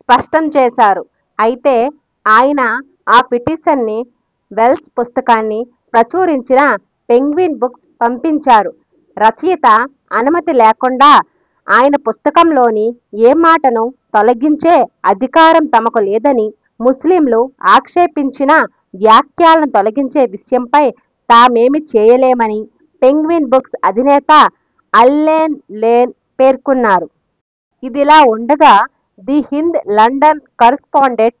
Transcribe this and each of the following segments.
స్పష్టం చేశారు. అయితే ఆయన ఆ పిటీషన్ను వెల్స్ పుస్తకాన్ని ప్రచురించిన పెంగ్విన్ బుక్స్కు పంపించారు. రచయిత అనుమతి లేకుండా ఆయన పుస్తకం లోని ఏ మాటనూ తొలగించే అధికారం తమకు లేదని, ముస్లింలు ఆక్షేపించిన వ్యాఖ్యలను తొలగించే విషయమై తామేమీ చేయలేమని పెంగ్విన్ బుక్స్ అధినేత అల్లెన్ లేన్ పేర్కొన్నారు. ఇదిలావుండగా the Hindu London correspondent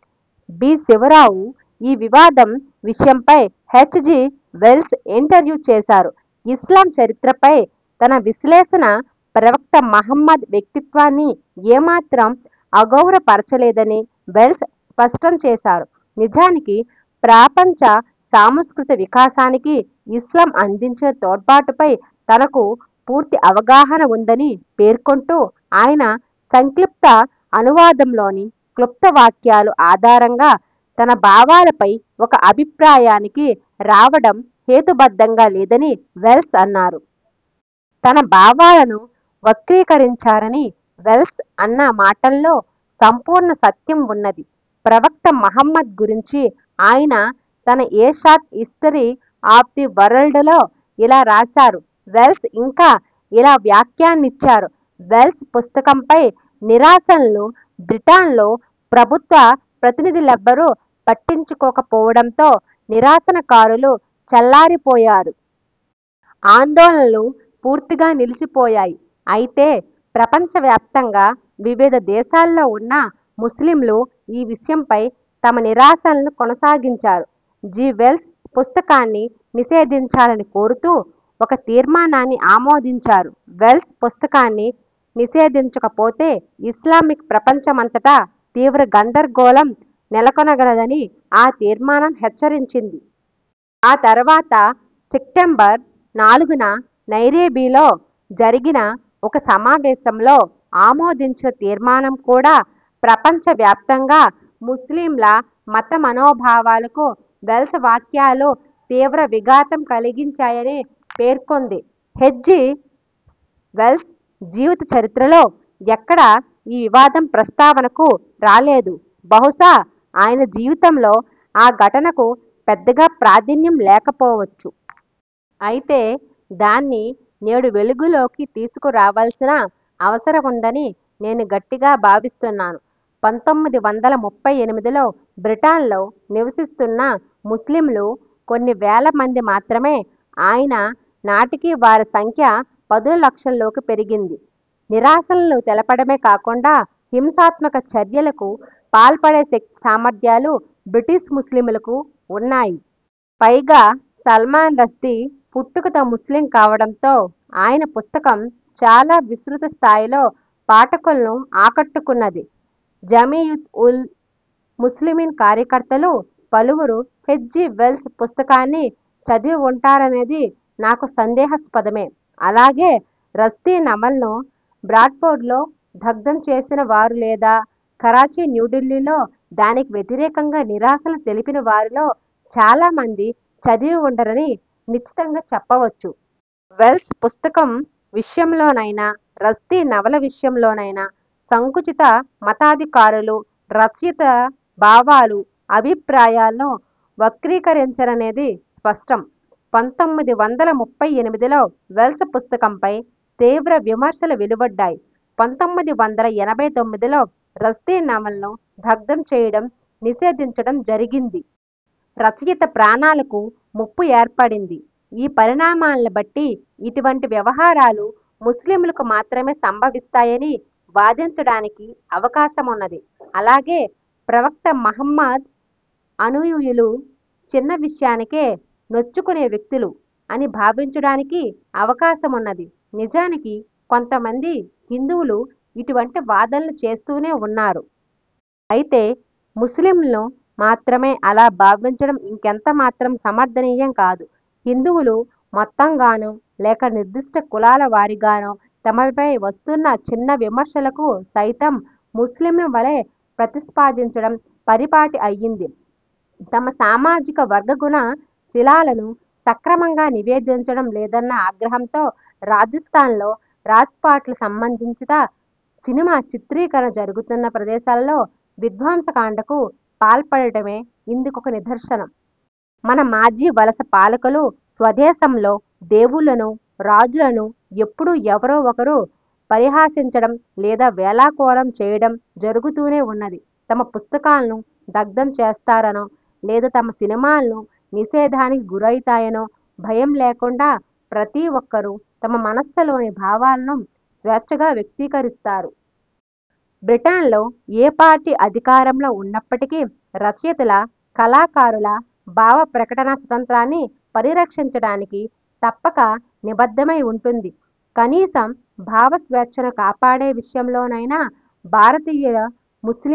B. Sivarao ఈ వివాదం విషయమై హెచ్. జి. వెల్స్ను ఇంటర్వ్యూ చేశారు. ఇస్లాం చరిత్రపై తన విశ్లేషణ ప్రవక్త మహ్మద్ వ్యక్తిత్వాన్ని ఏమాత్రం అగౌరవపరచలేదని వెల్స్ స్పష్టం చేశారు. నిజానికి ప్రపంచ సంస్కృతీ వికాసానికి ఇస్లాం అందించి తోడ్పాటుపై తనకు పూర్తి అవగాహన వుందని పేర్కొంటూ అయినా సంక్షిప్త అనువాదంలోని క్లుప్త వ్యాఖ్యల ఆధారంగా తన భావాలపై ఒక అభిప్రాయానికి రావడం హేతుబద్ధంగా లేదని వెల్స్ అన్నారు. తన భావాలను వక్రీకరించారని వెల్స్ అన్న మాటలో సంపూర్ణ సత్యం వున్నది. ప్రవక్త మహమ్మద్ గురించి ఆయన తన a short history of the వరల్డ్లో ఇలా రాశారు వెల్స్ ఇంకా ఇలా వ్యాఖ్యానించారు, వెల్స్ పుస్తకంపై నిరసనలు బ్రిటన్లో ప్రభుత్వ ప్రతినిధులెవ్వరూ పట్టించుకోక పోవడంతో నిరసనకారులు చల్లారి పోయారు. ఆందోళనలు పూర్తిగా నిలిచిపోయాయి. అయితే ప్రపంచ వ్యాప్తంగా వివిధ దేశాల్లో వున్న ముస్లింలు ఈ విషయంపై తమ నిరసనలను కొనసాగించారు. జి. వెల్స్ పుస్తకాన్ని నిషేధించాలని కోరుతూ ఒక తీర్మానాన్ని ఆమోదించారు. వెల్స్ పుస్తకాన్ని నిషేధించకపోతే ఇస్లామిక్ ప్రపంచమంతటా తీవ్ర గందరగోళం నెలకొనగలదనీ ఆ తీర్మానం హెచ్చరించింది. ఆ తరువాత సెప్టెంబర్ నాలుగున నైరోబీలో జరిగిన ఒక సమావేశంలో ఆమోదించిన తీర్మానం కూడా ప్రపంచ వ్యాప్తంగా ముస్లింల మత మనోభావాలకు వెల్స్ వ్యాఖ్యలు తీవ్ర విఘాతం కలిగించాయని పేర్కొంది హెచ్. వెల్స్ జీవిత చరిత్రల్లో ఎక్కడా ఈ వివాదం ప్రస్తావనకు రాలేదు. బహుశా ఆయన జీవితంలో ఆ ఘటనకు పెద్దగా ప్రాధాన్యం లేకపోవచ్చు. అయితే దాన్ని నేడు వెలుగులోకి తీసుకు రావాల్సిన అవసరముందని నేను గట్టిగా భావిస్తున్నాను. పంతొమ్మిది వందల ముప్పై ఎనిమిదిలో బ్రిటన్లో నివసిస్తున్న ముస్లింలు కొన్ని వేల మంది మాత్రమే అయినా నాటికి వారి సంఖ్య పదుల లక్షల్లోకి పెరిగింది. నిరసనలు తెలుపడమే కాకుండా హింసాత్మక చర్యలకు పాల్పడే శక్తి సామర్థ్యాలు బ్రిటిష్ ముస్లింలకు వున్నాయి. పైగా సల్మాన్ రష్దీ పుట్టుకతో ముస్లిం కావడంతో ఆయన పుస్తకం చాలా విస్తృత స్థాయిలో పాఠకులను ఆకట్టుకున్నది. జమీయత్ ఊ ల్ ముస్లిమీన్ కార్యకర్తలు పలువురు హెచ్. జి. వెల్స్ పుస్తకాన్ని చదివివుంటారనేది నాకు సందేహాస్పదమే. అలాగే రష్దీ నవలను బ్రాడ్ఫోర్డ్లో దగ్ధం చేసిన వారు లేదా కరాచీ, న్యూఢిల్లీలో దానికి వ్యతిరేకంగా నిరసనలు తెలిపిన వారిలో చాలా మంది చదివివుండరని నిశ్చితంగా చెప్పవచ్చు. వెల్స్ పుస్తకం విషయంలో నైనా, రష్దీ నవల విషయంలోనైనా సంకుచిత మతాధి కారులు రచయిత భావాలు, అభిప్రాయాలను వక్రీకరించారనేది స్పష్టం. పంతొమ్మిది వందల ముప్పై ఎనిమిదిలో వెల్స్ పుస్తకంపై తీవ్రవిమర్శలు వెలువడ్డాయి. పంతొమ్మిది వందల ఎనభై తొమ్మిదిలో రష్దీ నవలను దగ్ధం చేయడం, నిషేధించడం జరిగింది. రచయిత ప్రాణాలకు ముప్పు ఏర్పడింది. ఈ పరిణామాలను బట్టి ఇటువంటి వ్యవహారాలు ముస్లింలకు మాత్రమే సంభవిస్తాయని వాదించడానికి అవకాశ మున్నది. అలాగే ప్రవక్త మహమ్మద్ అనుయాయులు చిన్న విషయానికే నొచ్చుకునే వ్యక్తులు అని భావించడానికీ అవకాశమున్నది. నిజానికి కొంతమంది హిందువులు ఇటువంటి వాదనలు చేస్తూనే వున్నారు. అయితే ముస్లింలను మాత్రమే అలా భావించడం ఇంకెంత మాత్రం సమర్థనీయం కాదు. హిందువులు మొత్తంగానో లేక నిర్దిష్ట కులాల వారీగానో తమపై వస్తున్న చిన్న విమర్శలకు సైతం, ముస్లింల వలే ప్రతి స్పందించడం పరి పాటి అయింది. తమ సామాజిక వర్గగుణ శీలాలను సక్రమంగా నివేదించడం లేదన్న ఆగ్రహంతో రాజస్థాన్లో రాజ్పుట్లు సంబంధిత సినిమా చిత్రీకరణ జరుగుతున్న ప్రదేశాలలో విధ్వంస కాండకు పాల్పడటమే ఇందు కొక నిదర్శనం. మన మాజీ వలస పాలకులు స్వదేశంలో దేవుళ్లను, రాజులను ఎప్పుడూ ఎవరో ఒకరు పరిహసించడం లేదా వేళాకోళం చేయడం జరుగుతూనే వున్నది. తమ పుస్తకాలను దగ్ధం చేస్తారనో లేదా తమ సినిమాలు నిషేధానికి గురవుతాయనో భయం లేకుండా ప్రతి ఒక్కరూ తమ మనస్సులోని భావాలను స్వేచ్ఛగా వ్యక్తీకరిస్తారు. బ్రిటన్లో ఏ పార్టీ అధికారంలో వున్నప్పటికీ రచయితల, కళాకారుల భావప్రకటనా స్వాతంత్రాన్ని పరిరక్షించడానికి తప్పక నిబద్ధమై వుంటుంది. కనీసం భావ స్వేచ్ఛను కాపాడే విషయంలో నైనా భారతీయ ముస్లింలు,